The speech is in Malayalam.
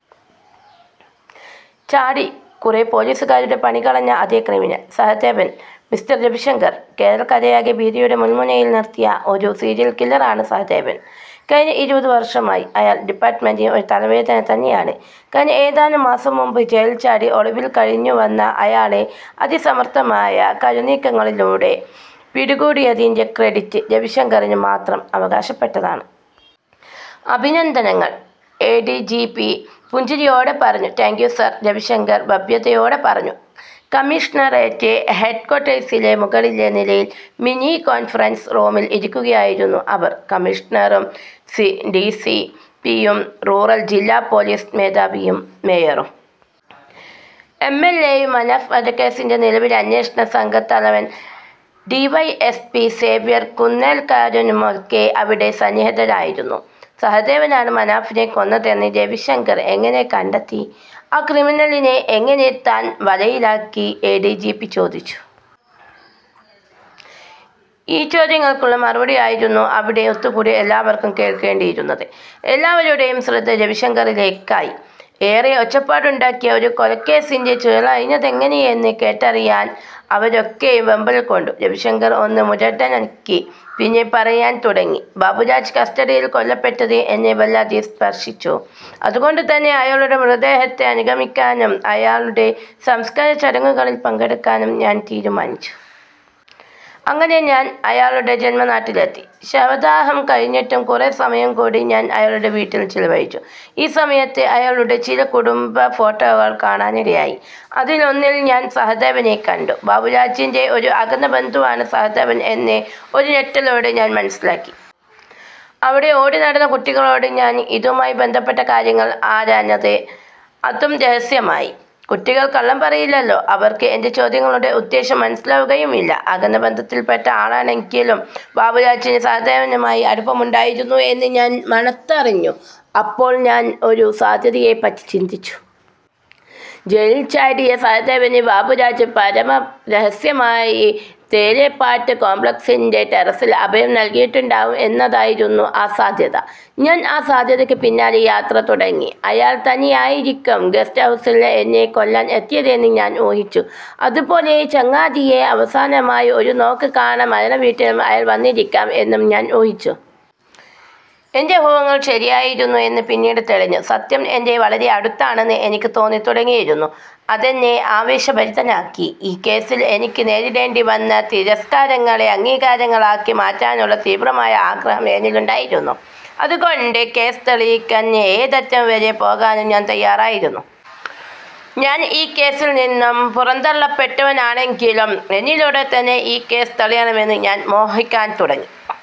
ചാടി കുറെ പൊലീസുകാരുടെ പണി കളഞ്ഞ അതേ ക്രിമിനൽ. സഹദേവൻ....! " "മിസ്റ്റർ രവിശങ്കർ, കേരളക്കരയെയാകെ ഭീതിയുടെ മുൾമുനയിൽ നിർത്തിയ ഒരു സീരിയൽ കില്ലറാണ് സഹദേവൻ. കഴിഞ്ഞ ഇരുപത് വർഷമായി അയാൾ ഡിപ്പാർട്മെന്റിന് ഒരു തലവേദന തന്നെയാണ്. കഴിഞ്ഞ ഏതാനും മാസം മുൻപ് ജയിൽ ചാടി ഒളിവിൽ കഴിഞ്ഞു വന്ന അയാളെ അതിസമർത്ഥമായ കരുനീക്കങ്ങളിലൂടെ പിടികൂടിയതിന്റെ ക്രെഡിറ്റ് രവിശങ്കറിന് മാത്രം അവകാശപ്പെട്ടതാണ്. അഭിനന്ദനങ്ങൾ! " എ. ഡി. ജി. പി പുഞ്ചിരിയോടെ പറഞ്ഞു. "താങ്ക്യൂ സർ... " രവിശങ്കർ ഭവ്യതയോടെ പറഞ്ഞു. കമ്മീഷണറേറ്റ് ഹെഡ് ക്വാർട്ടേഴ്സിലെ മുകളിലെ നിലയിലെ മിനി കോൺഫറൻസ് റൂമിൽ ഇരിക്കുകയായിരുന്നു അവർ. കമ്മീഷണറും, ഡി. സി. പിയും, റൂറൽ ജില്ലാ പോലീസ് മേധാവിയും, മേയറും. എം. എൽ. എയും, മനാഫ് വധക്കേസിന്റെ നിലവിലെ അന്വേഷണ സംഘം തലവൻ D. Y. S. P Xavier കുന്നേൽക്കാരനുമൊക്കെ അവിടെ സന്നിഹിതരായിരുന്നു. "സഹദേവനാണ് മനാഫിനെ കൊന്നതെന്ന് രവിശങ്കർ എങ്ങനെ കണ്ടെത്തി? ആ ക്രിമിനലിനെ എങ്ങനെ താൻ വലയിലാക്കി? " എ. ഡി. ജി. പി ചോദിച്ചു. ഈ ചോദ്യങ്ങൾക്കുള്ള മറുപടിയായിരുന്നു അവിടെ ഒത്തുകൂടിയ എല്ലാവർക്കും കേൾക്കേണ്ടിയിരുന്നത്. എല്ലാവരുടേയും ശ്രദ്ധ രവിശങ്കറിലേക്കായി. ഏറെ ഒച്ചപ്പാടുണ്ടാക്കിയ ഒരു കൊലക്കേസിന്റെ ചുരുളഴിഞ്ഞതെങ്ങനെയെന്ന് കേട്ടറിയാൻ അവരൊക്കെയും വെമ്പൽ കൊണ്ടു. രവിശങ്കർ ഒന്ന് മുരടനക്കി. പിന്നെ പറയാൻ തുടങ്ങി: "ബാബുരാജ് കസ്റ്റഡിയിൽ കൊല്ലപ്പെട്ടത് എന്നെ വല്ലാതെ സ്പർശിച്ചു. അതുകൊണ്ട് തന്നെ അയാളുടെ മൃതദേഹത്തെ അനുഗമിക്കാനും അയാളുടെ സംസ്ക്കാരച്ചടങ്ങുകളിൽ പങ്കെടുക്കാനും ഞാൻ തീരുമാനിച്ചു. അങ്ങനെ ഞാൻ അയാളുടെ ജന്മനാട്ടിലെത്തി. ശവദാഹം കഴിഞ്ഞിട്ടും കുറെ സമയം കൂടി ഞാൻ അയാളുടെ വീട്ടിൽ ചിലവഴിച്ചു. ഈ സമയത്ത് അയാളുടെ ചില കുടുംബ ഫോട്ടോകൾ കാണാനിടയായി. അതിലൊന്നിൽ ഞാൻ സഹദേവനെ കണ്ടു! ബാബുരാജിന്റെ ഒരു അകന്ന ബന്ധുവാണ് സഹദേവൻ എന്ന് ഒരു ഞെട്ടലോടെ ഞാൻ മനസ്സിലാക്കി. അവിടെ ഓടി നടന്ന കുട്ടികളോട് ഞാൻ ഇതുമായി ബന്ധപ്പെട്ട കാര്യങ്ങൾ ആരാഞ്ഞത്. അതും രഹസ്യമായി. കുട്ടികൾ കള്ളം പറയില്ലല്ലോ. അവർക്ക് എന്റെ ചോദ്യങ്ങളുടെ ഉദ്ദേശ്യം മനസ്സിലാവുകയുമില്ല. അകന്ന ബന്ധത്തിൽപ്പെട്ട ആളാണെങ്കിലും ബാബുരാജിന് സഹദേവനുമായി അടുപ്പമുണ്ടായിരുന്നു എന്ന് ഞാൻ മണത്തറിഞ്ഞു. അപ്പോൾ ഞാൻ ഒരു സാധ്യതയെപ്പറ്റി ചിന്തിച്ചു. ജയിൽ ചാടിയ സഹദേവന് ബാബുരാജ് പരമരഹസ്യമായി 'തേലേപ്പാട്ട് കോംപ്ലക്സി'ന്റെ ടെറസിൽ അഭയം നൽകിയിട്ടുണ്ടാകാം എന്നതായിരുന്നു ആ സാധ്യത. ഞാൻ ആ സാധ്യതക്ക് പിന്നാലെ യാത്ര തുടങ്ങി. അയാൾ തന്നെയായിരിക്കും ഗസ്റ്റ് ഹൌസിൽ എന്നെ കൊല്ലാൻ എത്തിയതെന്ന് ഞാൻ ഊഹിച്ചു. അതുപോലെ ചങ്ങാതിയെ അവസാനമായി ഒരു നോക്ക് കാണാൻ മരണവീട്ടിലും അയാൾ വന്നിരിക്കാം എന്നും ഞാൻ ഊഹിച്ചു. എന്റെ ഊഹങ്ങൾ ശരിയായിരുന്നു എന്ന് പിന്നീട് തെളിഞ്ഞു. സത്യം എന്റെ വളരെ അടുത്താണെന്ന് എനിക്ക് തോന്നിത്തുടങ്ങിയിരുന്നു. അതെന്നെ ആവേശഭരിതനാക്കി. ഈ കേസിൽ എനിക്ക് നേരിടേണ്ടി വന്ന തിരസ്ക്കാരങ്ങളെ അംഗീകാരങ്ങളാക്കി മാറ്റാനുള്ള തീവ്രമായ ആഗ്രഹം എന്നിലുണ്ടായിരുന്നു. അതുകൊണ്ട് കേസ് തെളിയിക്കാൻ ഏതറ്റം വരെ പോകാനും ഞാൻ തയ്യാറായിരുന്നു. ഞാൻ ഈ കേസിൽ നിന്നും പുറന്തള്ളപ്പെട്ടവനാണെങ്കിലും എന്നിലൂടെത്തന്നെ ഈ കേസ് തെളിയണമെന്ന് ഞാൻ മോഹിക്കാൻ തുടങ്ങി. "।